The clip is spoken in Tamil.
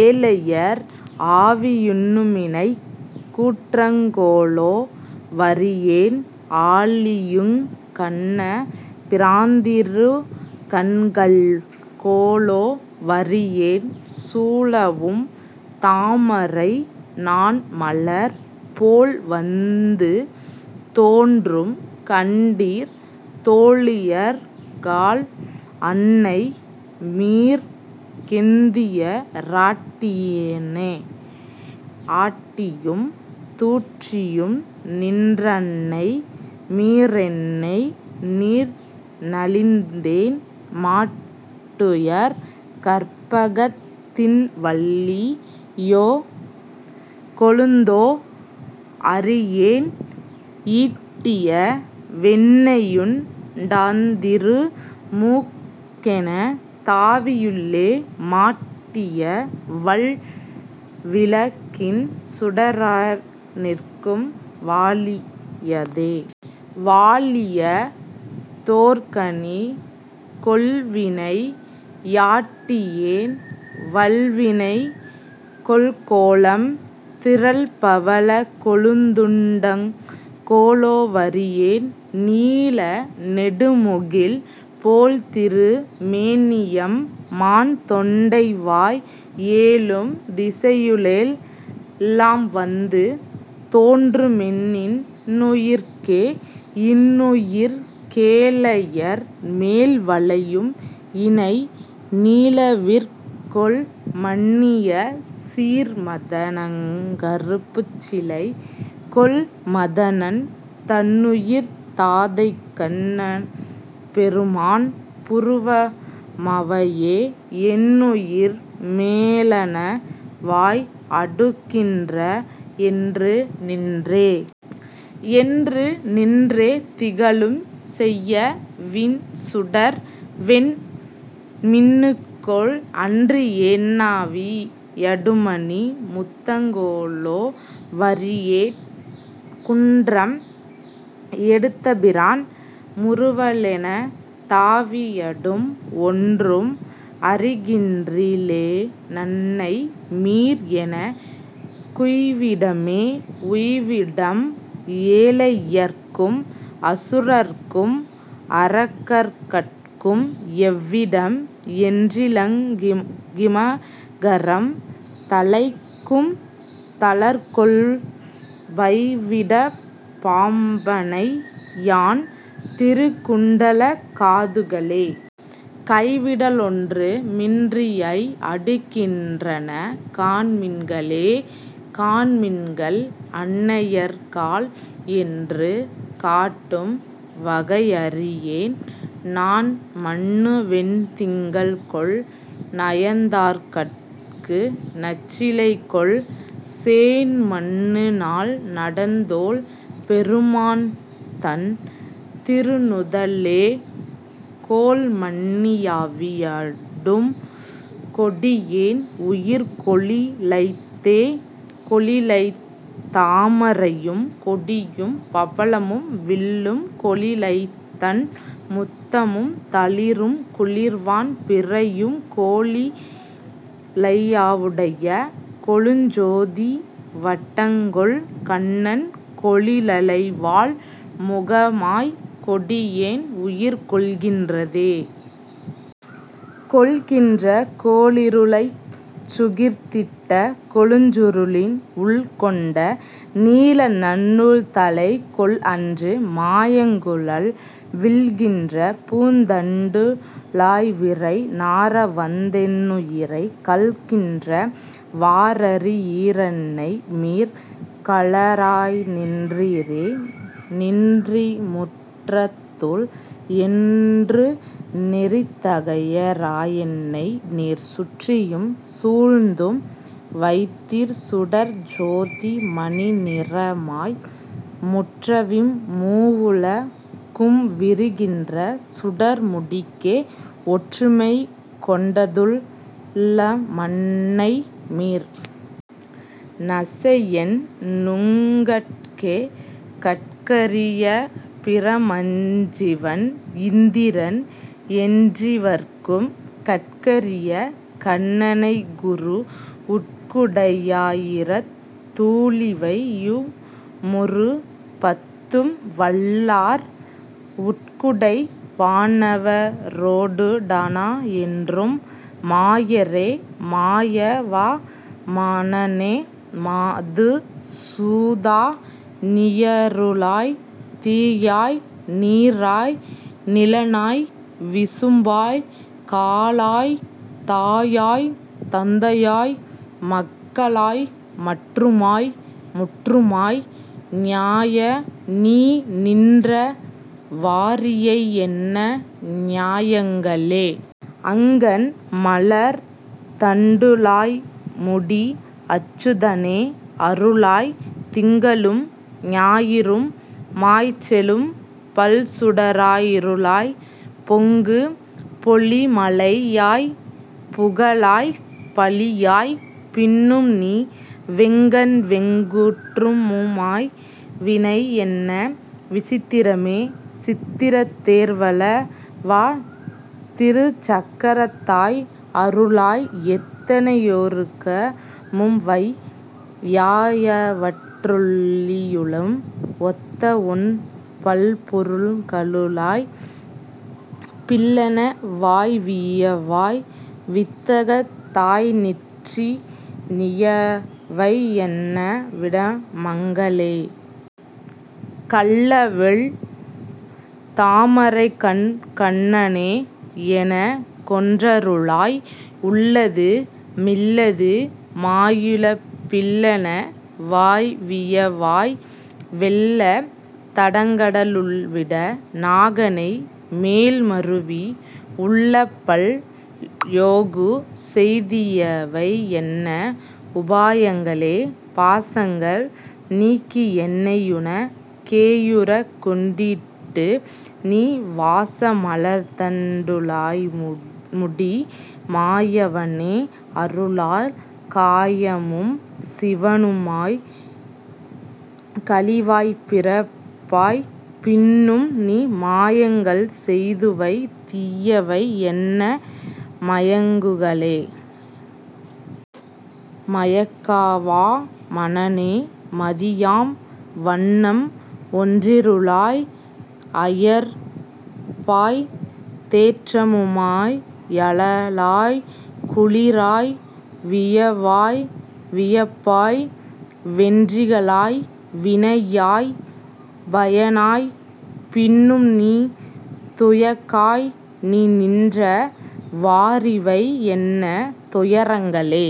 ஏழையர் ஆவியுண் ணுமிணைக் கூற்றங்கொ லோவறியேன், ஆழியுங் கண்ண பிராந்திருக் கண்கள்கொ லோவறியேன், சூழவும் தாமரை நாண்மலர் போல்வந்து தோன்றும்கண்டீர், தோழியர் காள். அன்னை மீர். கேந்துய ராட்டியேனே?. ஆட்டியும் தூற்றியும் நின்றன்னை மீரென்னை நீர்நலிந்தென்? மாட்டுயர் கற்பகத் தின்வல்லி யோகொழுந் தோ? அறியேன், ஈட்டிய வெண்ணெயுண் டாந்திரு மூக்கென தாவியுள்ளே, மாட்டிய வல்விளக் கின் சுடரய்நிற்கும் வாலியதே.. வாலிய தோர்கனி கொல்வினை யாட்டியேன் வல்வினைகொல், கோலம் திரள்பவ ளக்கொழுந் துண்டங்கொ லோவறியேன், நீல நெடுமுகில் போல்திரு மேனியம் மான்தொண்டைவாய், ஏலும் திசையுளெல் லாம்வந்து தோன்றுமென் னின்னுயிர்க்கே.. இன்னுயிர்க் கேழையர் மேல்வளையும் இணை நீலவிற்கொல், மன்னிய சீர்மத னங்கருப்புச் சிலை கொல், மதனன் தன்னுயிர்த் தாதைகண் ணபெருமான் புரு வமவையே, என்னுயிர் மேலன வாய் அடுகின்றன என்று நின்றே.. என்று நின்றேதிக ழும்செய்ய வீன்சுடர் வெண்மின்னுக்கொல், அன்றியென் னாவி யடுமணி முத்தங்கொ லோவறியேன், குன்றம் எடுத்தபி ரான் முறுவலெனதாவியடும், ஒன்றும் அறிகின்றி லேனன்னை மீர். எனக் குய்விடமே.. உய்விடம் ஏழையர்க் கும் அசுரர்க்கும் அரக்கர்கட்கும் எவ்விடம்? என்றிலங் கிமகரம் தழைக் கும்தளர்கொல், பைவிடப் பாம்பணை யான் திருக்குண்டலக் காதுகளே? கைவிட லொன்றுமின் றிய் அடுகின்றன காண்மின்களே.. காண்மின்கள் அன்னையர் காள். என்று காட்டும் வகையறியேன், நாண்மன்னு வெண்திங்கள் கொல். நயந்தார்கட்கு நச்சிலைகொல், சேண்மன்னு நால்தடந் தோள் பெருமான்தன் திருநுதலே?, கோள்மன்னி யாவி யடும்கொடியேன் உயிர் கோளிழைத்தே.. கோளிழைத் தாமரையும் கொடியும் பவளமும் வில்லும், கோளிழைத்தண் முத்தமும் தளிரும் குளிர்வான் பிறையும், கோளிழையாவுடைய கொழுஞ் சோதி வட்டங்கொல், கண்ணன், கோளிழைவாள் முகமாய்க் கொடியேன் உயிர் கொள்கின்றதே?. கொள்கின்ற கோளிரு ளைச்சுகிர்ந் திட்ட கொழுஞ்சுருளின், உள்கொண்ட நீலநன் னூல்தழை கொல்? அன்று மாயங்குழல், விள்கின்ற பூந்தண் டுழாய்விரை நாறவந் தென்னுயிரை, கள்கின்ற வாறறி யீரன்னை மீர். கழ றாநிற்றிரே.. நிற்றிமுற் றத்துள் என் றுநெரித் தகைய ராயென்னைநீர் சுற்றியும் சூழ்ந்தும் வைதிர்சுடர்ச் சோதி மணிநிறமாய், முற்றவிம் மூவுல கும்விரி கின்ற சுடர்முடிக்கே, ஒற்றுமைக் கொண்டதுள் ளமன்னை மீர். நசை யென்நுங்கட்கே? கட்கரி யபிர மஞ்சிவன் இந்திரன் என்றிவர்க்கும், கட்கரி யகண்ண னைக்குரு, உட்குடை யாயிரத் தூளிவை யுமொரு பத்தும்வல்லார், உட்குடை வானவ ரோடுட னாயென்றும் மாயாரே. மாயா. வாமன னே. மது சூதா. நீயருளாய், தீயாய் நீராய் நிலனாய் விசும்பாய்க் காலாய், தாயாய் தந்தையாய் மக்களாய் மற்றுமாய் முற்றுமாய், நீயாய் நீநின்ற வாறிவை யென்ன நியாயங்களே.. அங்கண் மலர்த்தண் டுழாய்முடி அச்சுத னே. அருளாய், திங்களும் ஞாயிறு மாய்ச்செழும் பல்சுட ராயிருளாய், பொங்கு பொழிமழை யாய்ப்புக ழாய்பழி யாய்ப்பின்னும்நீ, வெங்கண்வெங் கூற்றமு மாவிவை யென்ன விசித்திரமே.. சித்திரத் தேர்வல வா. திருச் சக்கரத் தாய். அருளாய், எத்தனை யோருக முமவை யாயவற் றுள்ளியுலும், ஒத்தவொண் பல்பொருள் களுலப் பில்லன வாய்வியவாய், வித்தகத் தாய்நிற்றி நீயவை யென்ன விடமங்களே.. கள்ளவிழ் தாமரைக்கண்கண்ண னே. எனக் கொன்றருளாய், உள்ளது மில்லது மாயுலப் பில்லன வாய்வியவாய், வெள்ளத் தடங்கட லுள்விட நாகணை மேல்மருவி, உள்ளப்பல் யோகுசெய் தியிவை யென்ன உபாயங்களே.. பாசங்கள் நீக்கியென் னையுனக் கேயுறக் கொண்டிட்டு, நீ வாச மலர்த்தண் டுழாய்முடி மாயவ னே. அருளாய், காயமும் சிவனு மாய்க்கழி வாய்ப்பிறப் பாய்ப்பின்னும்நீ, மாயங்கள்செய்துவைத் தியிவை யென்ன மயக்குகளே.. மயக்கா. வாமன னே. மதி யாம்வண்ணம் ஒன்றிருளாய், அயர்ப்பாய்த் தேற்றமு மாயழ லாய்க்குளி ராய்வியவாய், வியப்பாய் வென்றிகளாய்வினை யாய்ப்பய னாய்ப்பின்னும்நீ, துயக்காய் நீநின்ற வாறிவை யென்ன துயரங்களே..